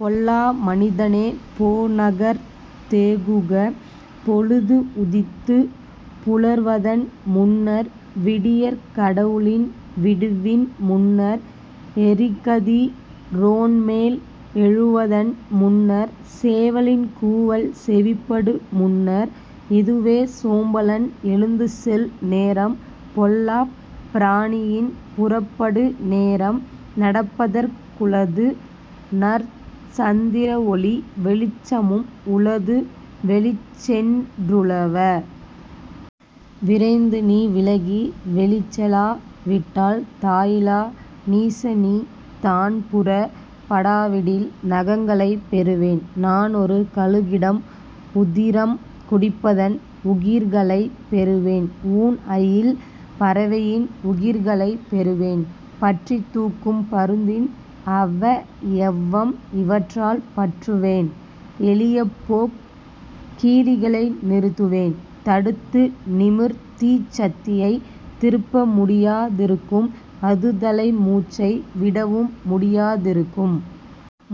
பொல்லா மனிதனே போ நகர்ந் தேகுக பொழுது உதித்துப் புலர்வதன் முன்னர் விடியற் கடவுளின் விடிவின் முன்னர் எறிகதி ரோன்மேல் எழுவதன் முன்னர் சேவலின் கூவல் செவிப்படு முன்னர். இதுவே சோம்பலன் எழுந்துசெல் நேரம் பொல்லாப் பிராணியின் புறப்படு நேரம் நடப்பதற் குளது நற்சந் திரஒளி வெளிச்சமும் உளது வெளிச்சென் றுலவ. விரைந்துநீ விலகி வெளிச்செலா விட்டால் தாயிலா நீசநீ தான்புறப் படாவிடில் நகங்களைப் பெறுவேன் நான்ஒரு கழுகிடம் உதிரம் குடிப்பதன் உகிர்களைப் பெறுவேன் ஊன்அயில் பறவையின் உகிர்களைப் பெறுவேன் பற்றித் தூக்கும் பருந்தின் அவயவம் இவற்றால் பற்றுவேன் எளியபோக் கிரிகளை நிறுத்துவேன் தடுத்து நிமிர்தீச் சக்தியை திருப்ப முடியா திருக்கும் அதுதலை மூச்சை விடவும் முடியா திருக்கும்.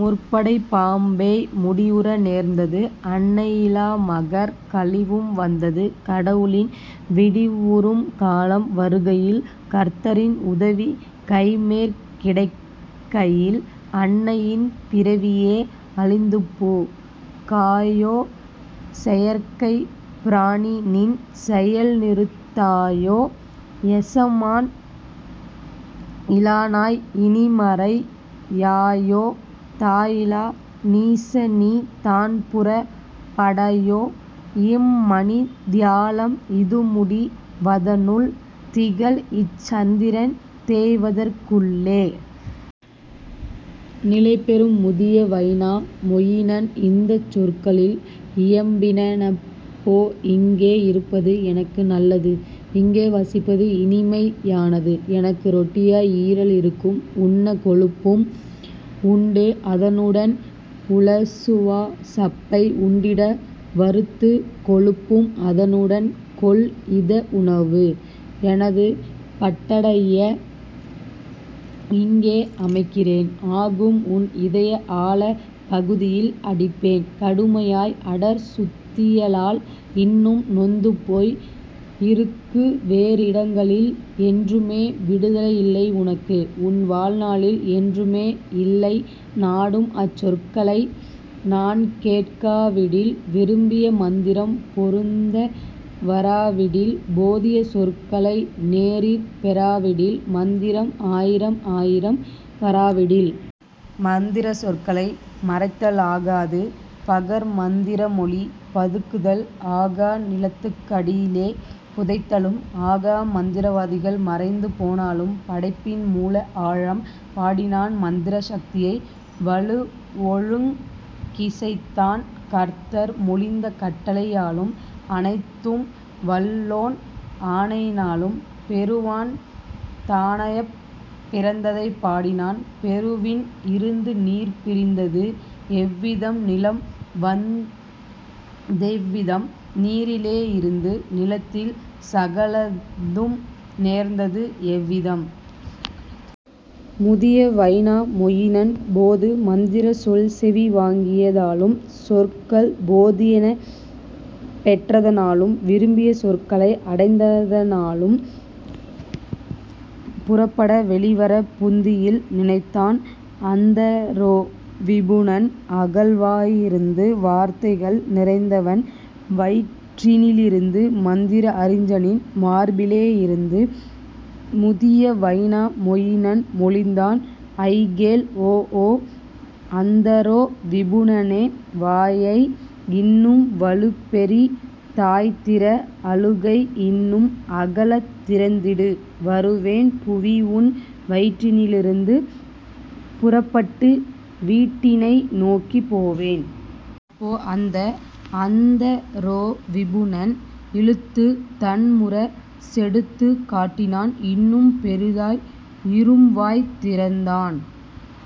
முற்படைப் பாம்பேய் முடிவுற நேர்ந்தது அன்னை யிலாமகற் கழிவும் வந்தது கடவுளின் விடிவுறும் காலம் வருகையில் கர்த்தரின் உதவி கைமேற் கிடைக்கையில் அன்னையின் பிறவியே அழிந்துபோ காயோ செயற்கைப் பிராணிநின் செயல்நிறுத் தாயோ எசமான் இலாநாய் இனிமறை யாயோ தாயிலா நீசநீ தான்புறப் படாயோ இம்மணித் தியாலம் இதுமுடி வதனுள் திகழ்இச் சந்திரன் தேய்வதற் குள்ளே. நிலைபெறும் முதிய வைனா மொயினன் இந்தச் சொற்களில் இயம்பின னப்போ இங்கே இருப்பது எனக்கு நல்லது இங்கே வசிப்பது இனிமை யானது எனக்கு ரொட்டியாய் ஈரல் இருக்கும் உண்ணக் கொழுப்பும் உண்டு அதனுடன் உளசுவா சப்பை உண்டிட வறுத்து கொழுப்பும் அதனுடன் கொள்இத உணவு. எனது பட்டடையை இங்கே அமைக்கிறேன் ஆகும்உன் இதய ஆழப் பகுதியில் அடிப்பேன் கடுமையாய் அடர்சுத் தியலால் இன்னும் நொந்துபோய் இருக்குவே றிடங்களில் என்றுமே விடுதலை இல்லை உனக்கு உன்வாழ் நாளில் என்றுமே யில்லை நாடும்அச் சொற்களை நான்கேட் காவிடில் விரும்பிய மந்திரம் பொருந்த வராவிடில் போதிய சொற்களை நேரிற் பெறாவிடில் மந்திரம் ஆயிரம் ஆயிரம் வராவிடில். மந்திரச் சொற்களை மறைத்தல்ஆ காது பகர்மந் திரமொழி பதுக்குதல் ஆகா நிலத்துக் கடியிலே புதைத்தலும் ஆகா மந்திர வாதிகள் மறைந்துபோ னாலும். படைப்பின் மூலத் ஆழம் பாடினான் மந்திர சக்தியை வலுவொழுங் கிசைத்தான் கர்த்தர் மொழிந்த கட்டளை யாலும் அனைத்தும் வல்லோன் ஆணையி னாலும் பெருவான் தானாயப் பிறந்ததைப் பாடினான் பெருவிண் இருந்துநீர் பிரிந்தது எவ்விதம் நிலம்வந் தெவ்விதம் நீரிலே யிருந்து நிலத்தில் சகலதும் நேர்ந்தது எவ்விதம். முதிய வைனா மொயினனப் போது மந்திரச் சொல்செவி வாங்கிய தாலும் சொற்கள்போ தியன பெற்றத னாலும் விரும்பிய சொற்களை அடைந்தத னாலும் புறப்பட வெளிவரப் புந்தியில் நினைந்தான் அந்தரோ விபுனன் அகல்வா யிருந்து வார்த்தைகள் நிறைந்தவன் வயிற்றினி லிருந்து மந்திர அறிஞனின் மார்பிலே யிருந்து. முதிய வைனா மொயினன் மொழிந்தான் ஐயகேள் ஓஓ அந்தரோ விபுனனே வாயை இன்னும் வலுபெரி தாய்த்திற அலகை இன்னும் அகலத் திறந்திடு வருவேன் புவிஉன் வயிற்றினி லிருந்து புறப்பட்டு வீட்டினை நோக்கிப் போவேன். அப்போ அந்த அந்தரோ விபுனன் இளித்துத் தன்முர செடுத்துக் காட்டினான் இன்னும் பெரிதாய் இரும்வாய் திறந்தான்